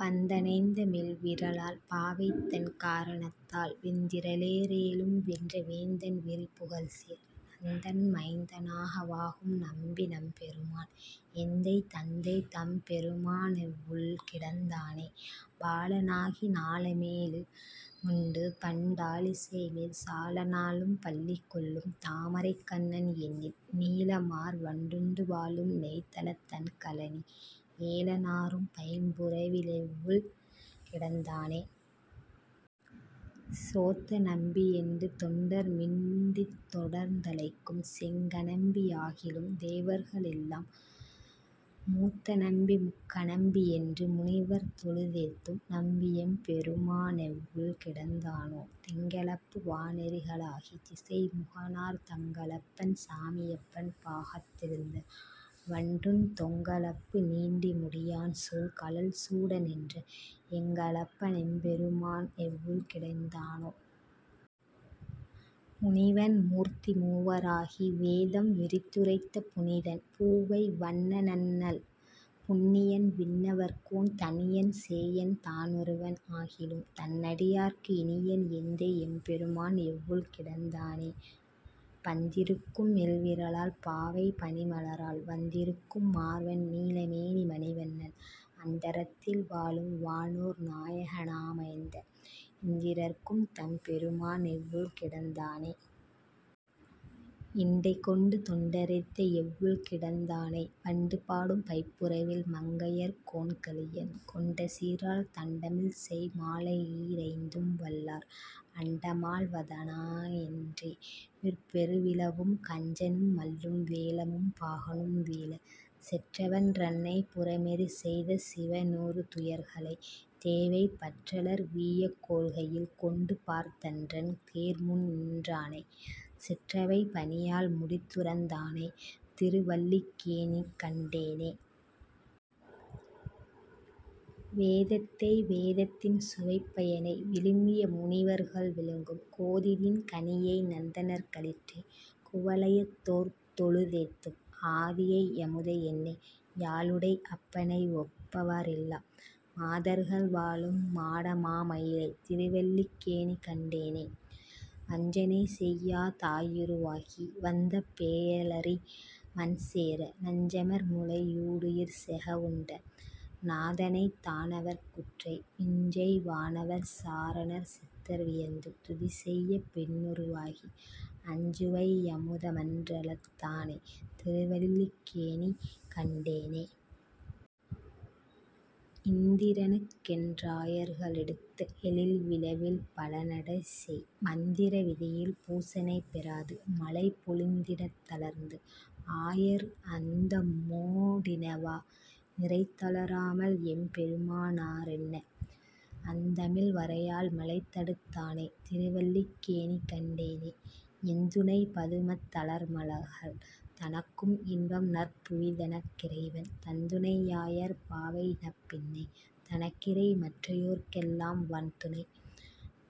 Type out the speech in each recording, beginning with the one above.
பந்த ணைந்த மெல்விரலாள் பாவைதன் காரணத்தால், வெந்தி றலே றேழும்வென்ற வேந்தன் விரிபுகழ்சேர், நந்தன் மைந்த னாகவாகும் நம்பி நம்பெருமான்,। எந்தை தந்தை தம்பெருமானெவ்வுள் கிடந்தானே.. பால நாகி ஞாலமேழு முண்டுபண் டாலிலைமேல், சால நாளும் பள்ளிகொள்ளும் தாமரைக் கண்ணன்எண்ணில், நீல மார்வண் டுண்டுவாழும் நெய்தலந் தண்கழனி, ஏல நாறும் பைம்புறவி லெவ்வுள் கிடந்தானே.. சோத்த நம்பி யென்றுதொண்டர் மிண்டித் தொடர்ந்தழைக்கும், செங்கணம்பி யாகிலும் தேவர்க்கெல்லாம், மூத்த நம்பி முக்கணம்பி யென்று முனிவர்த்தொழு- தேத்தும், நம்பி யெம்பெருமா னெவ்வுள் கிடந்தானே.. திங்க ளப்பு வானெரிகாலாகி, திசைமுகனார் தங்க ளப்பன் சாமியப்பன் பாகத் திருந்த, வண்டுண் தொங்க லப்பு நீண்டுமுடியான் சூழ் கழல் சூடநின்ற, எங்க ளப்ப னெம்பெருமான் எவ்வுள் கிடந்தானே.. முனிவன் மூர்த்தி மூவராகி வேதம் விரித்துரைத்த புனிதன், பூவை வண்ணனண்ணல் புண்ணியன் விண்ணவர்கோன், தனியன் சேயன் தானொருவன் ஆகிலும் தன்னடியார்க்கு இனியன், எந்தை யெம்பெருமான் எவ்வுள் கிடந்தானே.. பந்தி ருக்கும் மெல்விரலாள் பாவை பனிமலராள், வந்தி ருக்கும் மார்வன்நீல மேனி மணிவண்ணன், அந்த ரத்தில் வாழும் வானோர் நாயக னாயமைந்த, இந்தி ரற்கும் தம்பெருமா னெவ்வுள் கிடந்தானே.. இண்டை கொண்டு தொண்டரேத்த எவ்வுள் கிடந்தானை, வண்டு பாடும் பைபுறவில் மங்கையர் கோன்கலியன், கொண்ட சீரால் தண்டமிழ்செய் மாலையீ ரைந்தும்வல்லார், அண்ட மாள்வ தாணையன்றே விற்பெரு விழவும் கஞ்சனும் மல்லும் வேழமும் பாகனும் வீழ, செற்றவன் றன்னை, புரமெரி செய்த சிவனுறு துயர்களை தேவை, பற்றலர் வீயக் கோல்கையில் கொண்டு பார்த்தன்றன் தேர்முன்நின் றானை, சிற்றவை பணியால் முடிதுறந் தானைத் திருவல்லிக் கேணிக்கண் டேனே.. வேதத்தை வேதத் தின்சுவைப் பயனை விழுமிய முனிவர்கள் விழுங்கும், கோதிலின் கனியை நந்தனார் களிற்றைக் குவலயத் தோர்தொழு தேத்தும், ஆதியை யமுதை யென்னை யாளுடை அப்பனை ஒப்பவ ரில்லா மாதர்கள் வாழும், மாடமா மயிலைத் திருவல்லிக் கேணிக்கண் டேனே.. வஞ்சனை செய்யாத் தாயுரு வாகி வந்தபே யலறிமண் சேர, நஞ்சமர் முலையூ டுயிர்செக வுண்ட நாதனைத் தானவர் கூற்றை, விஞ்சைவா னவர்சா ரணர்சித்தர் வியந்து துதிசெய்யப் பெண்ணுரு வாகி, அஞ்சுவை யமுத மன்றளித் தானைத் திருவல்லிக் கேணிக்கண் டேனே.. இந்திர னுக்கென் றாயர்க ளெடுத்த எழில்விழ வில்பழ நடைசெய், மந்திர விதியில் பூசனை பெறாது மழைபொழிந் திடத்தளர்ந்து, ஆயர் அந்தமோ டினவா நிரைதள ராமல் எம்பெரு மானரு ளென்ன, அந்தமில் வரையால் மழைதடுத் தானைத் திருவல்லிக் கேணிக்கண் டேனே.. இந்துணைப் பதுமத் தலர்மகள் தனக்கும் இன்பன்நற் புவிதனக் கிறைவன், தந்துணை யாயர் பாவைநப் பின்னை தனக்கிறை மற்றையோர்க் கெல்லாம் வன்துணை,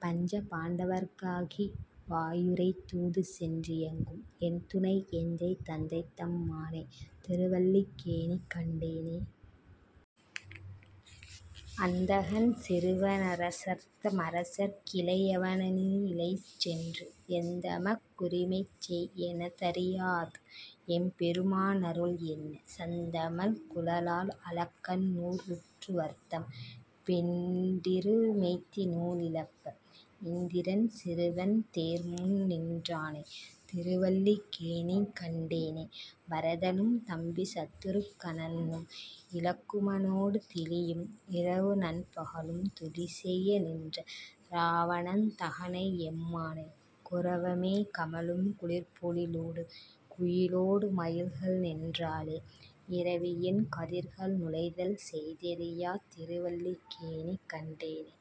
பஞ்ச பாண்டவர்க் காகி வாயுரை தூதுசென் றியங்கும் என்துணை, எந்தை தந்தைதம் மானைத் திருவல்லிக் கேணிக்கண் டேனே.. அந்தகன் சிறுவ னரசர்த்த மரசற் கிளையவ னணியிழை யைச்சென்று, எந்தமக் குரிமை செய் எனத் தரியாது எம்பெரு மானருள் என்ன, சந்தமல் குழலாள் அலக்கண்நூற் றுவர்த்தம் பெண்டிரு மெய்திநூ லிழப்ப, இந்திரன் சிறுவன் தேர்முன்நின் றானைத் திருவல்லிக் கேணிக்கண் டேனே.. பரதனும் தம்பி சத்துருக் கனன்னும் இலக்கும னோடுமை திலியும் இரவுநன் பகலும் துதிசெய்ய நின்ற இராவணாந் தகனையெம் மானை, குரவமே கமழும் குளிர்ப்பொழி லூடு குயிலொடு மயில்கள்நின் றால, இரவியின் கதிர்கள் நுழைதல்செய் தறியாத் திருவல்லிக் கேணிக்கண் டேனே..